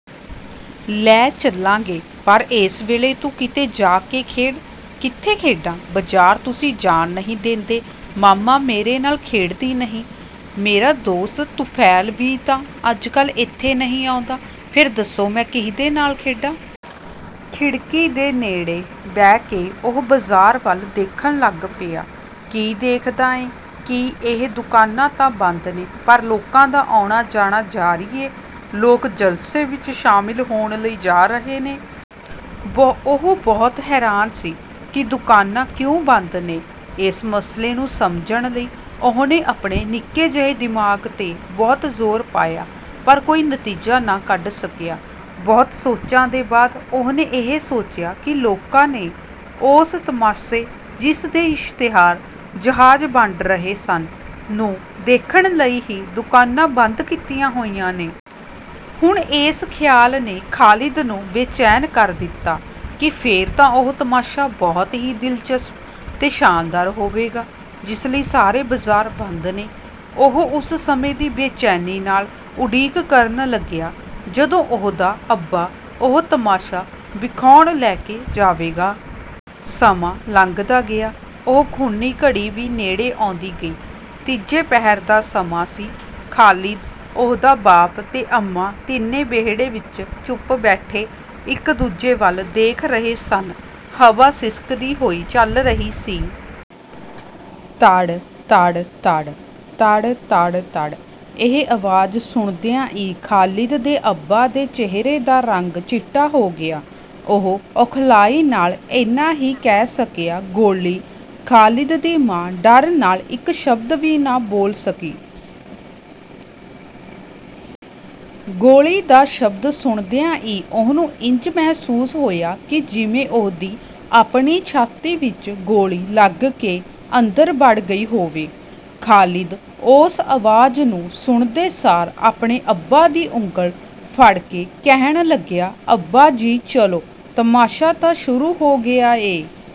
ਲੈ ਚੱਲਾਂਗੇ ਪਰ ਏਸੇ ਵੇਲੇ ਤੂੰ ਕਿਤੇ ਜਾ ਕੇ ਖੇਡ। ਕਿੱਥੇ ਖੇਡਾਂ? ਬਾਜ਼ਾਰ ਤੁਸੀਂ ਜਾਣ ਨਹੀਂ ਦੇਂਦੇ ਮਾਮਾ ਮੇਰੇ ਨਾਲ ਖੇਡਦੀ ਨਹੀਂ। ਮੇਰਾ ਦੋਸਤ ਤੁਫੈਲ ਵੀ ਤਾਂ ਅੱਜਕੱਲ੍ਹ ਏਥੇ ਨਹੀਂ ਆਉਂਦਾ। ਫੇਰ ਦੱਸੋ ਮੈਂ ਕੀਹਦੇ ਨਾਲ ਖੇਡਾਂ। ਖਿੜਕੀ ਦੇ ਨੇੜੇ ਬਹਿ ਕੇ ਉਹ ਬਾਜ਼ਾਰ ਵੱਲ ਦੇਖਣ ਲੱਗ ਪਿਆ। ਕੀ ਦੇਖਦਾ ਏ ਕਿ ਇਹ ਦੁਕਾਨਾਂ ਤਾਂ ਬੰਦ ਨੇ ਪਰ ਲੋਕਾਂ ਦਾ ਆਉਣਾ ਜਾਣਾ ਜਾਰੀ ਏ। ਲੋਕ ਜਲਸੇ ਵਿਚ ਸ਼ਾਮਲ ਹੋਣ ਲਈ ਜਾ ਰਹੇ ਨੇ। ਉਹ ਬਹੁਤ ਹੈਰਾਨ ਸੀ ਕਿ ਦੁਕਾਨਾਂ ਕਿਉਂ ਬੰਦ ਨੇ। ਏਸ ਮਸਲੇ ਨੂੰ ਸਮਝਣ ਲਈ ਉਹਨੇ ਆਪਣੇ ਨਿੱਕੇ ਜਿਹੇ ਦਿਮਾਗ਼ ਤੇ ਬਹੁਤ ਜ਼ੋਰ ਪਾਇਆ ਪਰ ਕੋਈ ਨਤੀਜਾ ਨਾ ਕੱਢ ਸਕਿਆ। ਬਹੁਤ ਸੋਚਾਂ ਦੇ ਬਾਅਦ ਉਹਨੇ ਇਹ ਸੋਚਿਆ ਕਿ ਲੋਕਾਂ ਨੇ ਓਸ ਤਮਾਸ਼ੇ ਜਿਸ ਦੇ ਇਸ਼ਤਿਹਾਰ ਜਹਾਜ਼ ਵੰਡ ਰਹੇ ਸਨ ਨੂੰ ਦੇਖਣ ਲਈ ਹੀ ਦੁਕਾਨਾਂ ਬੰਦ ਕੀਤੀਆਂ ਹੋਈਆਂ ਨੇ। ਹੁਣ ਏਸ ਖਿਆਲ ਨੇ ਖ਼ਾਲਿਦ ਨੂੰ ਬੇਚੈਨ ਕਰ ਦਿੱਤਾ ਕਿ ਫੇਰ ਤਾਂ ਉਹ ਤਮਾਸ਼ਾ ਬਹੁਤ ਹੀ ਦਿਲਚਸਪ ਤੇ ਸ਼ਾਨਦਾਰ ਹੋਵੇਗਾ ਜਿਸ ਲਈ ਸਾਰੇ ਬਜ਼ਾਰ ਬੰਦ ਨੇ। ਉਹ ਓਸ ਸਮੇਂ ਦੀ ਬੇਚੈਨੀ ਨਾਲ ਉਡੀਕ ਕਰਨ ਲੱਗਿਆ ਜਦੋਂ ਉਹਦਾ ਅੱਬਾ ਉਹ ਤਮਾਸ਼ਾ ਵਿਖਾਉਣ ਲੈ ਕੇ ਜਾਵੇਗਾ। ਸਮਾਂ ਲੰਘਦਾ ਗਿਆ। ਉਹ ਖ਼ੂਨੀ ਘੜੀ ਵੀ ਨੇੜੇ ਆਉਂਦੀ ਗਈ। ਤੀਜੇ ਪਹਿਰ ਦਾ ਸਮਾਂ ਸੀ। ਖ਼ਾਲਿਦ ਉਹਦਾ ਬਾਪ ਤੇ ਅੰਮਾ ਤਿੰਨੇ ਵਿਹੜੇ ਵਿਚ ਚੁੱਪ ਬੈਠੇ ਇਕ ਦੂਜੇ ਵੱਲ ਦੇਖ ਰਹੇ ਸਨ। ਹਵਾ ਸਿਸਕਦੀ ਹੋਈ ਚੱਲ ਰਹੀ ਸੀ। ਤੜ ਤੜ ਤੜ। ਤੜ ਤੜ ਤੜ। ਇਹ ਆਵਾਜ਼ ਸੁਣਦਿਆਂ ਈ ਖ਼ਾਲਿਦ ਦੇ ਅੱਬਾ ਦੇ ਚਿਹਰੇ ਦਾ ਰੰਗ ਚਿੱਟਾ ਹੋ ਗਿਆ। ਉਹ ਔਖਲਾਈ ਨਾਲ ਏਨਾ ਹੀ ਕਹਿ ਸਕਿਆ ਗੋਲੀ। ਖ਼ਾਲਿਦ ਦੀ ਮਾਂ ਡਰ ਨਾਲ ਇਕ ਸ਼ਬਦ ਵੀ ਨਾ ਬੋਲ ਸਕੀ। ਗੋਲੀ ਦਾ ਸ਼ਬਦ ਸੁਣਦਿਆਂ ਈ ਉਹਨੂੰ ਇੰਜ ਮਹਿਸੂਸ ਹੋਇਆ ਕਿ ਜਿਵੇਂ ਉਹਦੀ ਆਪਣੀ ਛਾਤੀ ਵਿਚ ਗੋਲੀ ਲੱਗ ਕੇ ਅੰਦਰ ਵੜ ਗਈ ਹੋਵੇ। ਖ਼ਾਲਿਦ ਓਸ ਆਵਾਜ਼ ਨੂੰ ਸੁਣਦੇ ਸਾਰ ਆਪਣੇ ਅੱਬਾ ਦੀ ਉਂਗਲ ਫੜ ਕੇ ਕਹਿਣ ਲੱਗਿਆ ਅੱਬਾ ਜੀ ਚਲੋ ਤਮਾਸ਼ਾ ਤਾਂ ਸ਼ੁਰੂ ਹੋ ਗਿਆ ਏ।